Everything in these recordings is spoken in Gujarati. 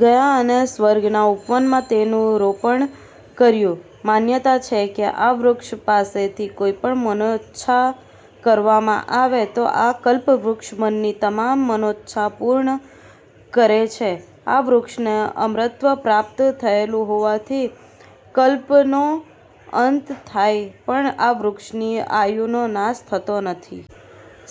ગયાં અને સ્વર્ગનાં ઉપવનમાં તેનું રોપણ કર્યું. માન્યતા છે કે આ વૃક્ષ પાસેથી કોઈપણ મનોચ્છા કરવામાં આવે તો આ કલ્પવૃક્ષ મનની તમામ મનોચ્છા પૂર્ણ કરે છે. આ વૃક્ષને અમરત્વ પ્રાપ્ત થયેલું હોવાથી કલ્પનો અંત થાય પણ આ વૃક્ષની આયુનો નાશ થતો નથી.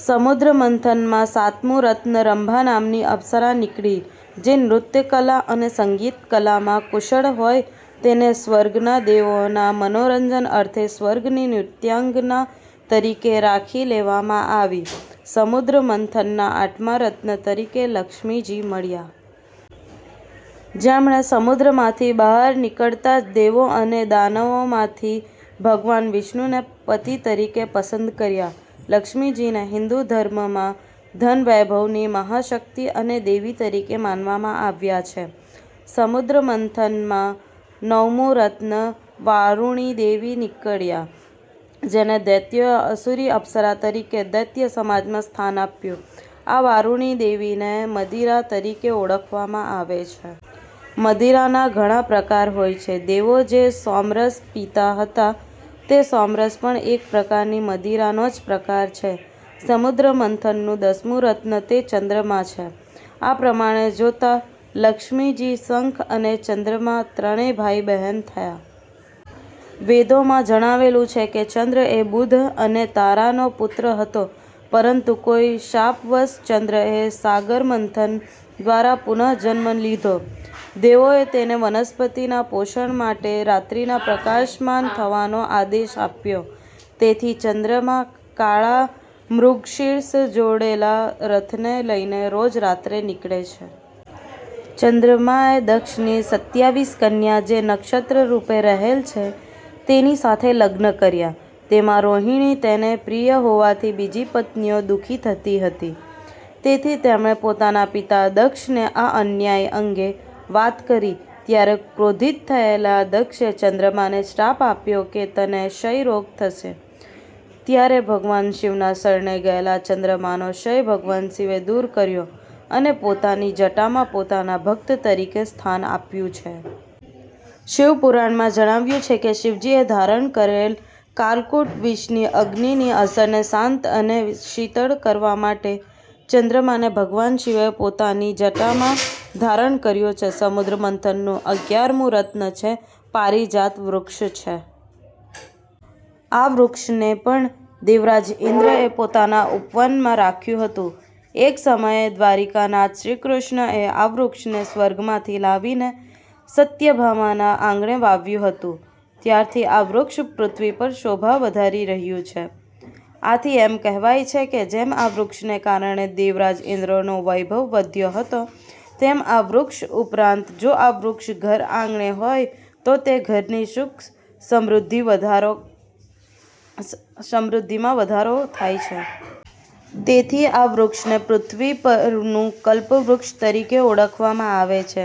સમુદ્ર મંથન માં સાતમું રત્ન રંભા નામની અપ્સરા નીકળી જે નૃત્યકલા અને સંગીતકલામાં કુશળ હોય તેને સ્વર્ગનાં દેવોના મનોરંજન અર્થે સ્વર્ગની નૃત્યાંગના તરીકે રાખી લેવામાં આવી. સમુદ્ર મંથનનાં આઠમા રત્ન તરીકે લક્ષ્મીજી મળ્યાં. જેમણે સમુદ્રમાંથી બહાર નીકળતાં જ દેવો અને દાનવોમાંથી ભગવાન વિષ્ણુને પતિ તરીકે પસંદ કર્યા. લક્ષ્મીજીને હિન્દુધર્મમાં ધન વૈભવની મહાશક્તિ અને દેવી તરીકે માનવામાં આવ્યાં છે. સમુદ્ર મંથન માં નવમું રત્ન વારૂણીદેવી નીકળ્યાં જેને દૈત્યોએ આસુરી અપ્સરા તરીકે દૈત્ય સમાજમાં સ્થાન આપ્યું આ વારૂણી દેવીને મદિરા તરીકે ઓળખવામાં આવે છે. મદિરાના ઘણા પ્રકાર હોય છે. દેવો જે સોમરસ પીતા હતાં તે સોમરસ પણ એક પ્રકારની મદિરાનો જ પ્રકાર છે. સમુદ્ર મંથનનું દશમું રત્ન તે ચંદ્રમા છે. આ પ્રમાણે જોતાં લક્ષ્મીજી, શંખ અને ચંદ્રમા ત્રણેય ભાઈબહેન થયાં. વેદોમાં જણાવેલું છે કે ચંદ્ર એ બુધ અને તારાનો પુત્ર હતો પરંતુ કોઈ શાપવશ ચંદ્રએ સાગરમંથન દ્વારા પુનઃજન્મ લીધો. દેવોએ તેને વનસ્પતિના પોષણ માટે રાત્રીના પ્રકાશમાન થવાનો આદેશ આપ્યો તેથી ચંદ્રમાં કાળા મૃગશીર્ષ જોડેલા રથને લઈને રોજ રાત્રે નીકળે છે. ચંદ્રમાએ દક્ષની સત્યાવીસ કન્યા જે નક્ષત્ર રૂપે રહેલ છે તેની સાથે લગ્ન કર્યા તેમાં રોહિણી તેને પ્રિય હોવાથી બીજી પત્નીઑ દુઃખી થતી હતી તેથી તેમણે પોતાના પિતા દક્ષને આ અન્યાય અંગે વાત કરી ત્યારે ક્રોધિત થયેલા દક્ષે ચંદ્રમાને શ્રાપ આપ્યો કે તને ક્ષય રોગ થશે ત્યારે ભગવાન શિવનાં શરણે ગયેલા ચંદ્રમાનો ક્ષય ભગવાન શિવે દૂર કર્યો અને પોતાની જટામાં પોતાના ભક્ત તરીકે સ્થાન આપ્યું છે. શિવ પુરાણમાં જણાવ્યું છે કે શિવજીએ ધારણ કરેલ કાલકૂટ વિષની અગ્નિની અસરને શાંત અને શીતળ કરવા માટે ચંદ્રમાને ભગવાન શિવે પોતાની જટામાં ધારણ કર્યો છે. સમુદ્ર મંથનનું અગીયારમું રત્ન તે પારિજાત વૃક્ષ છે. આ વૃક્ષને પણ દેવરાજ ઇન્દ્રએ પોતાના ઉપવનમાં રાખ્યું હતું. એક સમયે દ્વારિકાનાથ શ્રી કૃષ્ણએ આ વૃક્ષને સ્વર્ગમાંથી લાવીને સત્યભામાનાં આંગણે વાવ્યું હતું ત્યારથી આ વૃક્ષ પૃથ્વી પર શોભા વધારી રહ્યું છે. આથી એમ કહેવાય છે કે જેમ આ વૃક્ષને કારણે દેવરાજ ઇન્દ્રનો વૈભવ વધ્યો હતો તેમ આ વૃક્ષ ઉપરાંત જો આ વૃક્ષ ઘર આંગણે હોય તો તે ઘરની સુખ સમૃદ્ધિમાં વધારો થાય છે. તેથી આ વૃક્ષને પૃથ્વી પરનું કલ્પવૃક્ષ તરીકે ઓળખવામાં આવે છે.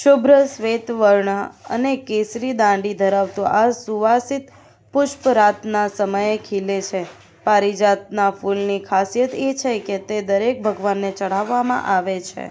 શુભ્ર શ્વેત વર્ણ અને કેસરી દાંડી ધરાવતું આ સુવાસિત પુષ્પ રાતના સમયે ખીલે છે. પારિજાતનાં ફૂલની ખાસિયત એ છે કે તે દરેક ભગવાનને ચઢાવવામાં આવે છે.